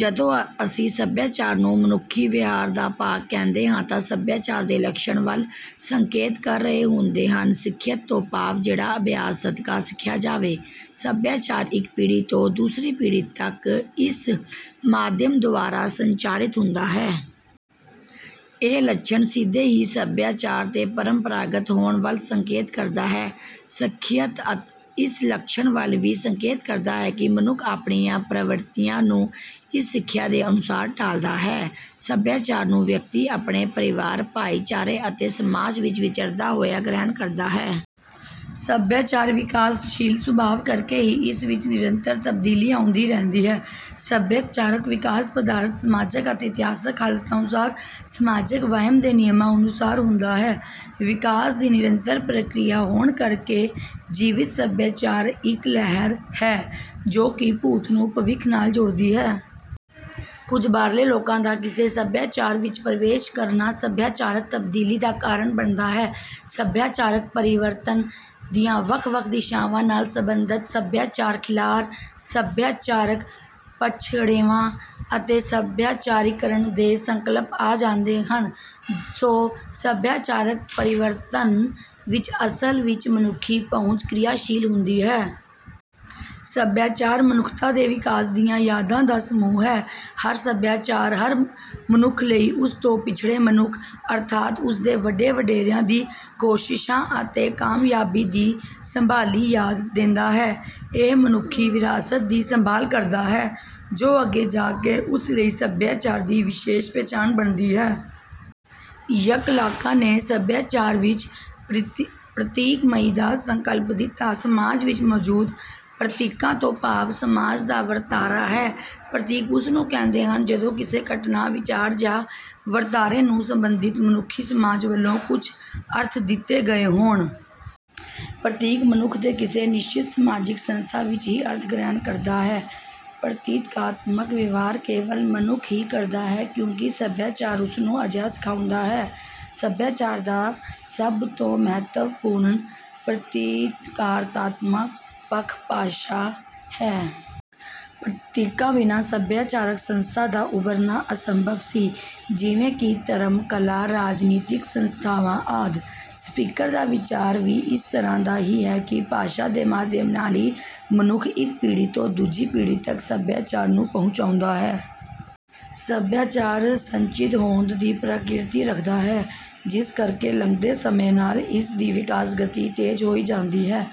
ਜਦੋਂ ਅਸੀਂ ਸਭਿਆਚਾਰ ਨੂੰ ਮਨੁੱਖੀ ਵਿਵਹਾਰ ਦਾ ਭਾਗ ਕਹਿੰਦੇ ਹਾਂ ਤਾਂ ਸਭਿਆਚਾਰ ਦੇ ਲੱਛਣਾਂ ਵੱਲ ਸੰਕੇਤ ਕਰ ਰਹੇ ਹੁੰਦੇ ਹਾਂ। ਸਿੱਖਿਅਤ ਤੋਂ ਭਾਵ ਹੈ, ਜਿਹੜਾ ਅਭਿਆਸ ਸਦਕਾ ਸਿੱਖਿਆ ਜਾਵੇ। ਸਭਿਆਚਾਰ ਇੱਕ ਪੀੜ੍ਹੀ ਤੋਂ ਦੂਸਰੀ ਪੀੜ੍ਹੀ ਤੱਕ ਇਸ ਮਾਧਿਅਮ ਦੁਆਰਾ ਸੰਚਾਰਿਤ ਹੁੰਦਾ ਹੈ। ਇਹ ਲੱਛਣ ਸਿੱਧੇ ਹੀ ਸਭਿਆਚਾਰ ਦੇ ਪਰੰਪਰਾਗਤ ਹੋਣ ਵੱਲ ਸੰਕੇਤ ਕਰਦਾ ਹੈ। ਸਿੱਖਿਅਤ ਇਸ ਲੱਛਣ ਵੱਲ ਵੀ ਸੰਕੇਤ ਕਰਦਾ ਹੈ ਕਿ ਮਨੁੱਖ ਆਪਣੀਆਂ ਪ੍ਰਵਿਰਤੀਆਂ ਨੂੰ ਇਸ ਸਿੱਖਿਆ ਦੇ ਅਨੁਸਾਰ ਢਾਲਦਾ ਹੈ। ਸਭਿਆਚਾਰ ਨੂੰ ਵਿਅਕਤੀ ਆਪਣੇ ਪਰਿਵਾਰ, ਭਾਈਚਾਰੇ ਅਤੇ ਸਮਾਜ ਵਿੱਚ ਵਿਚਰਦਾ ਹੋਇਆ ਗ੍ਰਹਿਣ ਕਰਦਾ ਹੈ। ਸਭਿਆਚਾਰ ਵਿਕਾਸਸ਼ੀਲ ਸੁਭਾਅ ਕਰਕੇ ਹੀ ਇਸ ਵਿੱਚ ਨਿਰੰਤਰ ਤਬਦੀਲੀ ਆਉਂਦੀ ਰਹਿੰਦੀ ਹੈ। ਸਭਿਆਚਾਰਕ ਵਿਕਾਸ ਪਦਾਰਥਕ, ਸਮਾਜਿਕ ਅਤੇ ਇਤਿਹਾਸਕ ਹਾਲਤਾਂ ਅਨੁਸਾਰ, ਸਮਾਜਿਕ ਵਹਿਣ ਦੇ ਨਿਯਮਾਂ ਅਨੁਸਾਰ ਹੁੰਦਾ ਹੈ। ਵਿਕਾਸ ਦੀ ਨਿਰੰਤਰ ਪ੍ਰਕਿਰਿਆ ਹੋਣ ਕਰਕੇ ਜੀਵਿਤ ਸਭਿਆਚਾਰ ਇੱਕ ਲਹਿਰ ਹੈ, ਜੋ ਕਿ ਭੂਤ ਨੂੰ ਭਵਿੱਖ ਨਾਲ ਜੋੜਦੀ ਹੈ। ਕੁਝ ਬਾਹਰਲੇ ਲੋਕਾਂ ਦਾ ਕਿਸੇ ਸਭਿਆਚਾਰ ਵਿੱਚ ਪ੍ਰਵੇਸ਼ ਕਰਨਾ ਸਭਿਆਚਾਰਕ ਤਬਦੀਲੀ ਦਾ ਕਾਰਨ ਬਣਦਾ ਹੈ। ਸਭਿਆਚਾਰਕ ਪਰਿਵਰਤਨ ਦੀਆਂ ਵੱਖ-ਵੱਖ ਦਿਸ਼ਾਵਾਂ ਨਾਲ ਸੰਬੰਧਿਤ ਸਭਿਆਚਾਰਕ-ਖਿਲਾਰ, ਸਭਿਆਚਾਰਕ-ਪਛੜੇਵਾਂ ਅਤੇ ਸਭਿਆਚਾਰੀਕਰਣ ਦੇ ਸੰਕਲਪ ਆ ਜਾਂਦੇ ਹਨ। ਸੋ, ਸਭਿਆਚਾਰਕ ਪਰਿਵਰਤਨ ਵਿੱਚ ਅਸਲ ਵਿੱਚ ਮਨੁੱਖੀ ਪਹੁੰਚ ਕਿਰਿਆਸ਼ੀਲ ਹੁੰਦੀ ਹੈ। ਸਭਿਆਚਾਰ ਮਨੁੱਖਤਾ ਦੇ ਵਿਕਾਸ ਦੀਆਂ ਯਾਦਾਂ ਦਾ ਸਮੂਹ ਹੈ। ਹਰ ਸਭਿਆਚਾਰ ਹਰ ਮਨੁੱਖ ਲਈ ਉਸ ਤੋਂ ਪਿਛਲੇ ਮਨੁੱਖ, ਅਰਥਾਤ ਉਸਦੇ ਵੱਡੇ-ਵਡੇਰਿਆਂ ਦੀਆਂ ਕੋਸ਼ਿਸ਼ਾਂ ਅਤੇ ਕਾਮਯਾਬੀਆਂ ਦੀ ਸੰਭਾਲੀ ਯਾਦ ਦਿੰਦਾ ਹੈ। ਇਹ ਮਨੁੱਖੀ ਵਿਰਾਸਤ ਦੀ ਸੰਭਾਲ ਕਰਦਾ ਹੈ, ਜੋ ਅੱਗੇ ਜਾ ਕੇ ਉਸ ਲਈ ਸਭਿਆਚਾਰ ਦੀ ਵਿਸ਼ੇਸ਼ ਪਹਿਚਾਣ ਬਣਦੀ ਹੈ। ‘ਯੱਕ ਲਾਂਕਾਂ’ ਨੇ ਸਭਿਆਚਾਰ ਵਿੱਚ ਪ੍ਰਤੀਕਮਈ ਦਾ ਸੰਕਲਪ ਦਿੱਤਾ। ਸਮਾਜ ਵਿੱਚ ਮੌਜੂਦ ਪ੍ਰਤੀਕਾਂ ਤੋਂ ਭਾਵ ਸਮਾਜ ਦਾ ਵਰਤਾਰਾ ਹੈ। ਪ੍ਰਤੀਕ ਉਸਨੂੰ ਕਹਿੰਦੇ ਹਨ, ਜਦੋਂ ਕਿਸੇ ਘਟਨਾ, ਵਿਚਾਰ ਜਾਂ ਵਰਤਾਰੇ ਨੂੰ ਸੰਬੰਧਿਤ ਮਨੁੱਖੀ ਸਮਾਜ ਵੱਲੋਂ ਕੁਝ ਅਰਥ ਦਿੱਤੇ ਗਏ ਹੋਣ। ਪ੍ਰਤੀਕ ਮਨੁੱਖ ਦੇ ਕਿਸੇ ਨਿਸ਼ਚਿਤ ਸਮਾਜਿਕ ਸੰਸਥਾ ਵਿੱਚ ਹੀ ਅਰਥ ਗ੍ਰਹਿਣ ਕਰਦਾ ਹੈ। ਪ੍ਰਤੀਕਾਤਮਕ ਵਿਵਹਾਰ ਕੇਵਲ ਮਨੁੱਖ ਹੀ ਕਰਦਾ ਹੈ, ਕਿਉਂਕਿ ਸਭਿਆਚਾਰ ਉਸਨੂੰ ਅਜਿਹਾ ਸਿਖਾਉਂਦਾ ਹੈ। ਸਭਿਆਚਾਰ ਦਾ ਸਭ ਤੋਂ ਮਹੱਤਵਪੂਰਨ ਪ੍ਰਤੀਕਾਰਤਮਕ ਪੱਖ ਭਾਸ਼ਾ ਹੈ। ਪ੍ਰਤੀਕਾਂ ਬਿਨਾਂ ਸਭਿਆਚਾਰਕ ਸੰਸਥਾਵਾਂ ਦਾ ਉਭਰਨਾ ਅਸੰਭਵ ਸੀ, ਜਿਵੇਂ ਕਿ ਧਰਮ, ਕਲਾ, ਰਾਜਨੀਤਿਕ ਸੰਸਥਾਵਾਂ ਆਦਿ। ਸਪੀਅਰ ਦਾ ਵਿਚਾਰ ਵੀ ਇਸ ਤਰ੍ਹਾਂ ਦਾ ਹੀ ਹੈ ਕਿ ਭਾਸ਼ਾ ਦੇ ਮਾਧਿਅਮ ਨਾਲ ਹੀ ਮਨੁੱਖ ਇੱਕ ਪੀੜ੍ਹੀ ਤੋਂ ਦੂਜੀ ਪੀੜ੍ਹੀ ਤੱਕ ਸਭਿਆਚਾਰ ਨੂੰ ਪਹੁੰਚਾਉਂਦਾ ਹੈ। ਸਭਿਆਚਾਰ ਸੰਚਿਤ ਹੋਂਦ ਦੀ ਪ੍ਰਕਿਰਤੀ ਰੱਖਦਾ ਹੈ, ਜਿਸ ਕਰਕੇ ਲੰਘਦੇ ਸਮੇਂ ਨਾਲ ਇਸ ਦੀ ਵਿਕਾਸ ਗਤੀ ਤੇਜ਼ ਹੋਈ ਜਾਂਦੀ ਹੈ।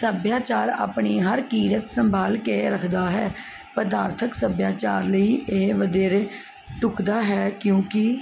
ਸਭਿਆਚਾਰ ਆਪਣੀ ਹਰ ਕਿਰਤ ਸੰਭਾਲ ਕੇ ਰੱਖਦਾ ਹੈ। ਪਦਾਰਥਕ ਸਭਿਆਚਾਰ ਲਈ ਇਹ ਵਧੇਰੇ ਢੁੱਕਦਾ ਹੈ, ਕਿਉਂਕਿ...